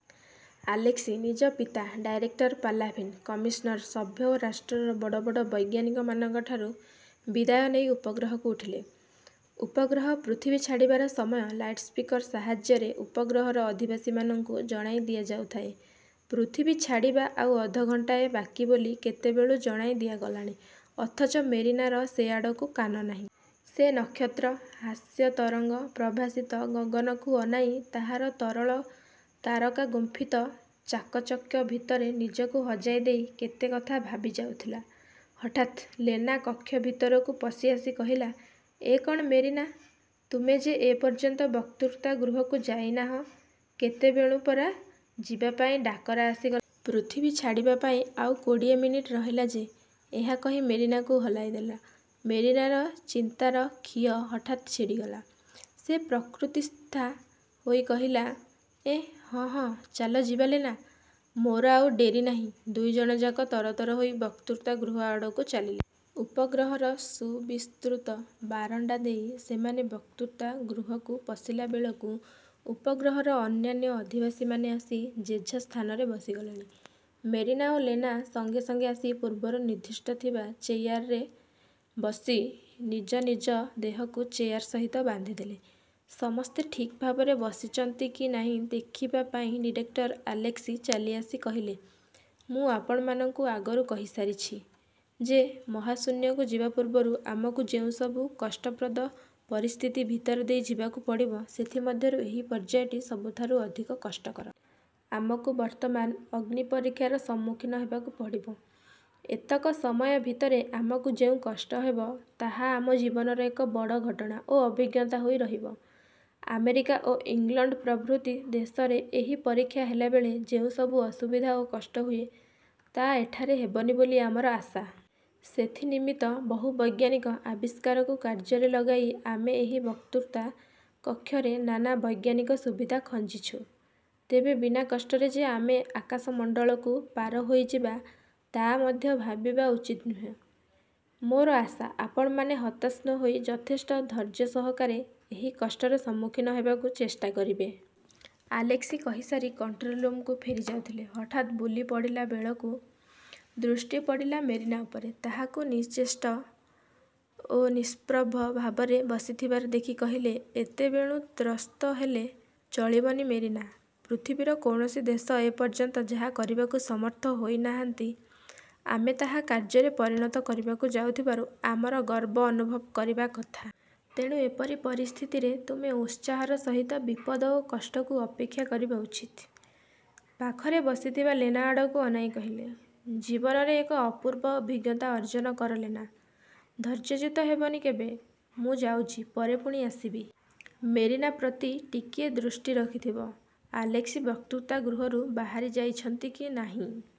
ଆଲେସ୍କି ନିଜ ପିତା, ଡାଇରେକ୍ଟର ପାଲାଭିନ୍, କମିଶନ୍ର ସଭ୍ୟ ଓ ରାଷ୍ଟ୍ରର ବଡ଼ ବଡ଼ ବୈଜ୍ଞାନିକମାନଙ୍କଠାରୁ ବିଦାୟ ନେଇ ଉପଗ୍ରହକୁ ଉଠିଲେ। ଉପଗ୍ରହ ପୃଥିବୀ ଛାଡ଼ିବାର ସମୟ ଲାଉଡ଼୍ସ୍ପିକର ସାହାଯ୍ୟରେ ଉପଗ୍ରହର ଅଧିବାସୀମାନଙ୍କୁ ଜଣାଇ ଦିଆଯାଉଥାଏ। ପୃଥିବୀ ଛାଡ଼ିବା ଆଉ ଅଧଘଣ୍ଟାଏ ବାକି ବୋଲି କେତେବେଳୁଁ ଜଣାଇ ଦିଆଗଲାଣି; ଅଥଚ ମେରିନାର ସେ ଆଡ଼କୁ କାନ ନାହିଁ। ସେ ନକ୍ଷତ୍ର–ହାସ୍ୟତରଙ୍ଗ ପ୍ରଭାସିତ ଗଗନକୁ ଅନାଇ ତାହାର ତରଳ ତାରକାଗୁମ୍ଫିତ ଚାକଚକ୍ୟ ଭିତରେ ନିଜକୁ ହଜାଇ ଦେଇ କେତେ କଥା ଭାବିଯାଉଥିଲା। ହଠାତ୍ ଲେନା କକ୍ଷ ଭିତରକୁ ପଶିଆସି କହିଲା, ''ଏ କ'ଣ ମେରିନା, ତୁମେ ଯେ ଏପର୍ଯ୍ୟନ୍ତ ବକ୍ତୃତା ଗୃହକୁ ଯାଇନାହଁ? କେତେବେଳୁଁ ପରା ଯିବାପାଇଁ ଡାକରା ଆସିଗଲାଣି? ପୃଥିବୀ ଛାଡ଼ିବା ପାଇଁ ଆଉ କୋଡ଼ିଏ ମିନିଟ୍ ରହିଲା ଯେ? '' ଏହା କହି ମେରିନାକୁ ହଲାଇ ଦେଲା। ମେରିନାର ଚିନ୍ତାର ଖିଅ ହଠାତ୍ ଛିଡ଼ିଗଲା। ସେ ପ୍ରକୃତିସ୍ଥା ହୋଇ କହିଲା, ''ଏଁ, ହଁ ହଁ, ଚାଲ ଯିବା ଲେନା। ମୋର ଆଉ ଡେରିନାହିଁ। '' ଦୁଇଜଣଯାକ ତରତର ହୋଇ ବକ୍ତୃତା ଗୃହ ଆଡ଼କୁ ଚାଲିଲେ। ଉପଗ୍ରହର ସୁବିସ୍ତୃତ ବାରଣ୍ଡାଦେଇ ସେମାନେ ବକ୍ତୃତା ଗୃହକୁ ପଶିଲାବେଳକୁ ଉପଗ୍ରହର ଅନ୍ୟାନ୍ୟ ଅଧିବାସୀମାନେ ଆସି ଯେଝା ସ୍ଥାନରେ ବସିଗଲେଣି। ମେରିନା ଓ ଲେନା ସଙ୍ଗେ ସଙ୍ଗେ ଆସି ପୂର୍ବରୁ ନିର୍ଦ୍ଧିଷ୍ଟ ଥିବା ଚେୟାର୍ରେ ବସି ନିଜ ନିଜ ଦେହକୁ ଚେୟାର ସହିତ ବାନ୍ଧିଦେଲେ। ସମସ୍ତେ ଠିକ୍ ଭାବରେ ବସିଚନ୍ତି କି ନାହିଁ ଦେଖିବା ପାଇଁ ଡିରେକ୍ଟର ଆଲେସ୍କି ଚାଲିଆସି କହିଲେ–''ମୁଁ ଆପଣମାନଙ୍କୁ ଆଗରୁ କହିସାରିଛି ଯେ, ମହାଶୂନ୍ୟକୁ ଯିବା ପୂର୍ବରୁ ଆମକୁ ଯେଉଁସବୁ କଷ୍ଟପ୍ରଦ ପରସ୍ଥିତି ଭିତର ଦେଇ ଯିବାକୁ ପଡ଼ିବ, ସେଥିମଧ୍ୟରୁ ଏହି ପର୍ଯ୍ୟାୟଟି ସବୁଠାରୁ ଅଧିକ କଷ୍ଟକର। ଆମକୁ ବର୍ତ୍ତମାନ ଅଗ୍ନିପରୀକ୍ଷାର ସମ୍ମୁଖୀନ ହେବାକୁ ପଡ଼ିବ। ଏତକ ସମୟ ଭିତରେ ଆମକୁ ଯେଉଁ କଷ୍ଟ ହେବ, ତାହା ଆମ ଜୀବନର ଏକ ବଡ଼ ଘଟଣା ଓ ଅଭିଜ୍ଞତା ହୋଇ ରହିବ। ଆମେରିକା ଓ ଇଂଲଣ୍ଡ ପ୍ରଭୃତି ଦେଶରେ ଏହି ପରୀକ୍ଷା ହେଲାବେଳେ ଯେଉଁସବୁ ଅସୁବିଧା ଓ କଷ୍ଟହୁଏ, ତା' ଏଠାରେ ହେବନି ବୋଲି ଆମର ଆଶା। ସେଥିନିମିତ୍ତ ବହୁ ବୈଜ୍ଞାନିକ–ଆବିଷ୍କାରକୁ କାର୍ଯ୍ୟରେ ଲଗାଇ ଆମେ ଏହି ବକ୍ତୃତା କକ୍ଷରେ ନାନା ବୈଜ୍ଞାନିକ ସୁବିଧା ଖଞ୍ଜିଛୁ। ତେବେ ବିନା କଷ୍ଟରେ ଯେ ଆମେ ଆକାଶମଣ୍ଡଳକୁ ପାରହୋଇଯିବା, ତା ମଧ୍ୟ ଭାବିବା ଉଚିତ ନୁହେଁ। ମୋର ଆଶା, ଆପଣମାନେ ହତାଶ ନ ହୋଇ ଯଥେଷ୍ଟ ଧୈର୍ଯ୍ୟସହକାରେ ଏହି କଷ୍ଟର ସମ୍ମୁଖୀନ ହେବାକୁ ଚେଷ୍ଟା କରିବେ। '' ଆଲେସ୍କି କହିସାରି କଣ୍ଟ୍ରୋଲ୍ରୁମ୍କୁ ଫେରିଯାଉଥିଲେ, ହଠାତ୍ ବୁଲିପଡ଼ିଲାବେଳକୁ ଦୃଷ୍ଟି ପଡ଼ିଲା ମେରିନା ଉପରେ। ତାହାକୁ ନିଶ୍ଚେଷ୍ଟ ଓ ନିଷ୍ପ୍ରଭ ଭାବରେ ବସିଥିବାର ଦେଖି କହିଲେ, ''ଏତେବେଳୁଁ ତ୍ରସ୍ତ ହେଲେ ଚଳିବନି ମେରିନା! ପୃଥିବୀର କୌଣସି ଦେଶ ଏପର୍ଯ୍ୟନ୍ତ ଯାହା କରିବାକୁ ସମର୍ଥ ହୋଇନାହାନ୍ତି, ଆମେ ତାହା କାର୍ଯ୍ୟରେ ପରିଣତ କରିବାକୁ ଯାଉଥିବାରୁ ଆମର ଗର୍ବ ଅନୁଭବ କରିବା କଥା। ତେଣୁ ଏପରି ପରିସ୍ଥିତିରେ ତୁମେ ଉତ୍ସାହର ସହିତ ବିପଦ ଓ କଷ୍ଟକୁ ଅପେକ୍ଷା କରିବା ଉଚିତ। '' ପାଖରେ ବସିଥିବା ଲେନା ଆଡ଼କୁ ଅନାଇ କହିଲେ, 'ଜୀବନରେ ଏକ ଅପୂର୍ବ ଅଭିଜ୍ଞତା ଅର୍ଜ୍ଜନ କର ଲେନା! ଧୈର୍ଯ୍ୟଚ୍ୟୂତ ହେବନି କେବେ। ମୁଁ ଯାଉଚି; ପରେ ପୁଣି ଆସିବି। ମେରିନା ପ୍ରତି ଟିକିଏ ଦୃଷ୍ଟି ରଖିଥିବ। '' ଆଲେସ୍କି ବକ୍ତୃତା ଗୃହରୁ ବାହାରିଯାଇଛନ୍ତି କି ନାହିଁ